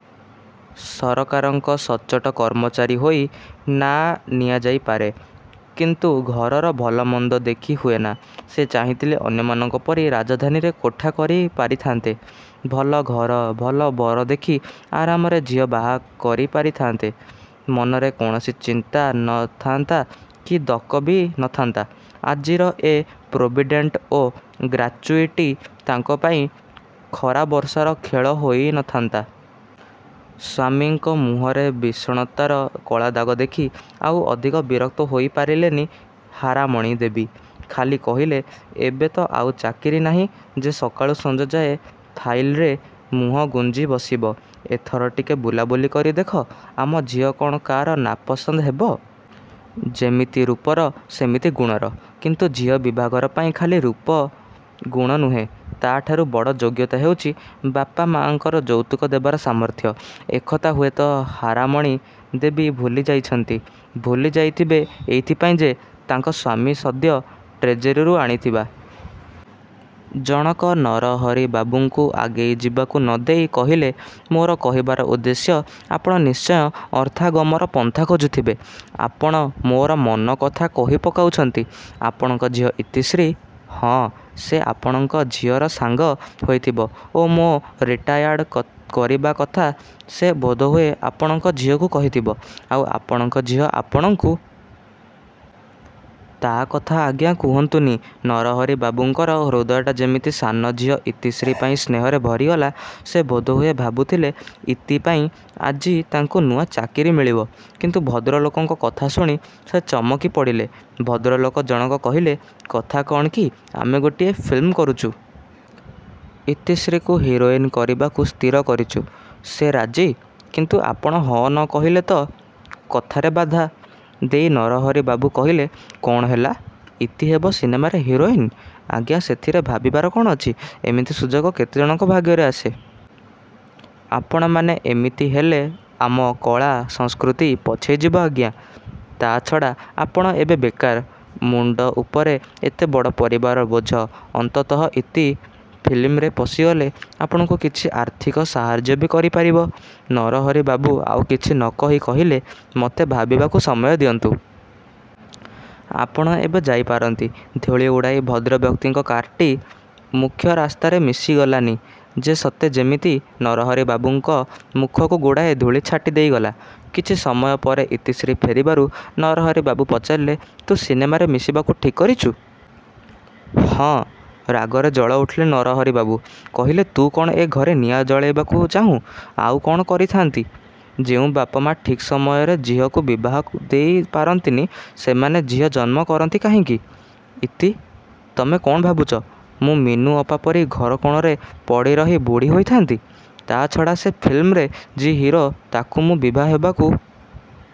ସରକାରଙ୍କ ସଚ୍ଚୋଟ କର୍ମଚାରୀ ହୋଇ ନାଆଁ ନିଆଯାଇପାରେ; କିନ୍ତୁ ଘରର ଭଲ–ମନ୍ଦ ଦେଖି ହୁଏନା। ସେ ଚାହିଁଥିଲେ ଅନ୍ୟମାନଙ୍କ ପରି ରାଜଧାନୀରେ କୋଠା କରିପାରିଥାନ୍ତେ। ଭଲ ଘର, ଭଲ ବର ଦେଖି ଆରାମରେ ଝିଅ ବାହାକରି ପାରିଥାନ୍ତେ। ମନରେ କୌଣସି ଚିନ୍ତା ନ ଥାନ୍ତା କି ଦକ ବି ନଥାନ୍ତା, ଆଜିର ଏ ପ୍ରୋଭିଡ଼େଣ୍ଟ ଓ ଗ୍ରାଚ୍ୟୁଇଟି ତାଙ୍କ ପାଇଁ ଖରାବର୍ଷାର ଖେଳ ହୋଇ ନ ଥାନ୍ତା। ସ୍ଵାମୀଙ୍କ ମୁହଁରେ ବିଷର୍ଣ୍ଣତାର କଳାଦାଗ ଦେଖି ଆଉ ଅଧିକ ବିରକ୍ତ ହୋଇ ପାରିଲେନି ହାରାମଣି ଦେବୀ। ଖାଲି କହିଲେ–ଏବେ ତ ଆଉ ଚାକିରି ନାହିଁ ଯେ ସକାଳୁ ସଞ୍ଜଯାଏ ଫାଇଲ୍ରେ ମୁହଁଗୁଞ୍ଜି ବସିବ। ଏଥର ଟିକେ ବୁଲାବୁଲି କରି ଦେଖ। ଆମ ଝିଅ କ'ଣ କା'ର ନା ପସନ୍ଦ ହେବ? ଯେମିତି ରୂପର, ସେମିତି ଗୁଣର। କିନ୍ତୁ ଝିଅ ବିଭାଘର ପାଇଁ ଖାଲି ରୂପ, ଗୁଣ ନୁହେଁ–ତା'ଠାରୁ ବଡ଼ ଯୋଗ୍ୟତା ହେଉଛି ବାପା ମାଆଙ୍କର ଯୌତୁକ ଦେବାର ସାମର୍ଥ୍ୟ–ଏକଥା ହୁଏତ ହାରାମଣୀ ଦେବୀ ଭୁଲିଯାଇଛନ୍ତି ଭୁଲିଯାଇଥିବେ ଏଇଥି ପାଇଁ ଯେ, ତାଙ୍କ ସ୍ଵାମୀ ସଦ୍ୟ ଟ୍ରେଜେରୀରୁ ଆଣିଥିବା। ଜଣକ ନରହରିବାବୁଙ୍କୁ ଆଗେଇଯିବାକୁ ନ ଦେଇ କହିଲେ–ମୋର କହିବାର ଉଦ୍ଦେଶ୍ୟ–ଆପଣ ନିଶ୍ଚୟ ଅର୍ଥାଗମର ପନ୍ଥା ଖୋଜୁଥିବେ। ଆପଣ ମୋର ମନ କଥା କହି ପକାଉଛନ୍ତି: ଆପଣଙ୍କ ଝିଅ ଇତିଶ୍ରୀ... ହଁ ସେ ଆପଣଙ୍କ ଝିଅର ସାଙ୍ଗ ହୋଇଥିବ ଓ ମୋ' ରିଟାୟାର୍ଡ଼ କରିବା କଥା ସେ ବୋଧହୁଏ ଆପଣଙ୍କ ଝିଅକୁ କହିଥିବ; ଆଉ ଆପଣଙ୍କ ଝିଅ ଆପଣଙ୍କୁ... ତା'କଥା ଆଜ୍ଞା କୁହନ୍ତୁନି...। ନରହରିବାବୁଙ୍କର ହୃଦୟଟା ଯେମିତି ସାନଝିଅ ଇତିଶ୍ରୀ ପାଇଁ ସ୍ନେହରେ ଭରିଗଲା। ସେ ବୋଧହୁଏ ଭାବୁଥିଲେ–ଇତି ପାଇଁ ଆଜି ତାଙ୍କୁ ନୂଆ ଚାକିରି ମିଳିବ। କିନ୍ତୁ ଭଦ୍ରଲୋକଙ୍କ କଥା ଶୁଣି ସେ ଚମକି ପଡ଼ିଲେ। ଭଦ୍ରଲୋକ ଜଣକ କହିଲେ–କଥା କ'ଣ କି ଆମେ ଗୋଟିଏ ଫିଲ୍ମ କରୁଛୁ। ଇତିଶ୍ରୀକୁ ହିରୋଇନ୍ କରିବାକୁ ସ୍ଥିର କରିଛୁ। ସେ ରାଜି; କିନ୍ତୁ ଆପଣ ହଁ' ନ କହିଲେ ତ... କଥାରେ ବାଧା ଦେଇ ନରହରିବାବୁ କହିଲେ–କ'ଣ ହେଲା, ଇତି ହେବ ସିନେମାରେ ହିରୋଇନ୍? ଆଜ୍ଞା ସେଥିରେ ଭାବିବାର କ'ଣ ଅଛି। ଏମିତି ସୁଯୋଗ କେତେ ଜଣଙ୍କ ଭାଗ୍ୟରେ ଆସେ। ଆପଣମାନେ ଏମିତି ହେଲେ ଆମ କଳା, ସଂସ୍କୃତି ପଛେଇଯିବ ଆଜ୍ଞା।... ତା' ଛଡ଼ା ଆପଣ ଏବେ ବେକାର-। ମୁଣ୍ଡ ଉପରେ ଏତେ ବଡ଼ ପରିବାରର ବୋଝ। ଅନ୍ତତଃ ଇତି ଫିଲ୍ମରେ ପଶିଗଲେ ଆପଣଙ୍କୁ କିଛି ଆର୍ଥିକ ସାହାଯ୍ୟ ବି କରିପାରିବ। ନରହରିବାବୁ ଆଉ କିଛି ନ କହି କହିଲେ ମୋତେ ଭାବିବାକୁ ସମୟ ଦିଅନ୍ତୁ।... ଆପଣ ଏବେ ଯାଇ ପାରନ୍ତି। ଧୂଳି ଉଡ଼ାଇ ଭଦ୍ରବ୍ୟକ୍ତିଙ୍କ କାର୍ଟି ମୁଖ୍ୟ ରାସ୍ତାରେ ମିଶିଗଲାନି ଯେ ସତେ ଯେମିତି ନରହରିବାବୁଙ୍କ ମୁହଁକୁ ଗୁଡ଼ାଏ ଧୂଳି ଛାଟି ଦେଇ ଗଲା। କିଛି ସମୟ ପରେ ଇତିଶ୍ରୀ ଫେରିବାରୁ ନରହରିବାବୁ ପଚାରିଲେ ତୁ ସିନେମାରେ ମିଶିବାକୁ ଠିକ୍ କରିଛୁ? ହଁ। ରାଗରେ ଜଳି ଉଠିଲେ ନରହରିବାବୁ। କହିଲେ ତୁ କ'ଣ ଏ ଘରେ ନିଆଁ ଜଳେଇବାକୁ ଚାହୁଁ? ଆଉ କ'ଣ କରିଥାନ୍ତି? ଯେଉଁ ବାପାମାଆ ଠିକ୍ ସମୟରେ ଝିଅକୁ ବିବାହ ଦେଇ ପାରନ୍ତିନି, ସେମାନେ ଝିଅ ଜନ୍ମ କରନ୍ତି କାହିଁକି? ଇତି... ତମେ କ'ଣ ଭାବୁଛ ମୁଁ ମିନୁ ଅପାପରି ଘରକୋଣରେ ପଡ଼ି ରହି ବୁଢ଼ୀ ହୋଇଥା'ନ୍ତି? ତା'ଛଡ଼ା ସେ ଫିଲ୍ମର ଯିଏ ହିରୋ ତାକୁ ମୁଁ ବିଭା ହେବାକୁ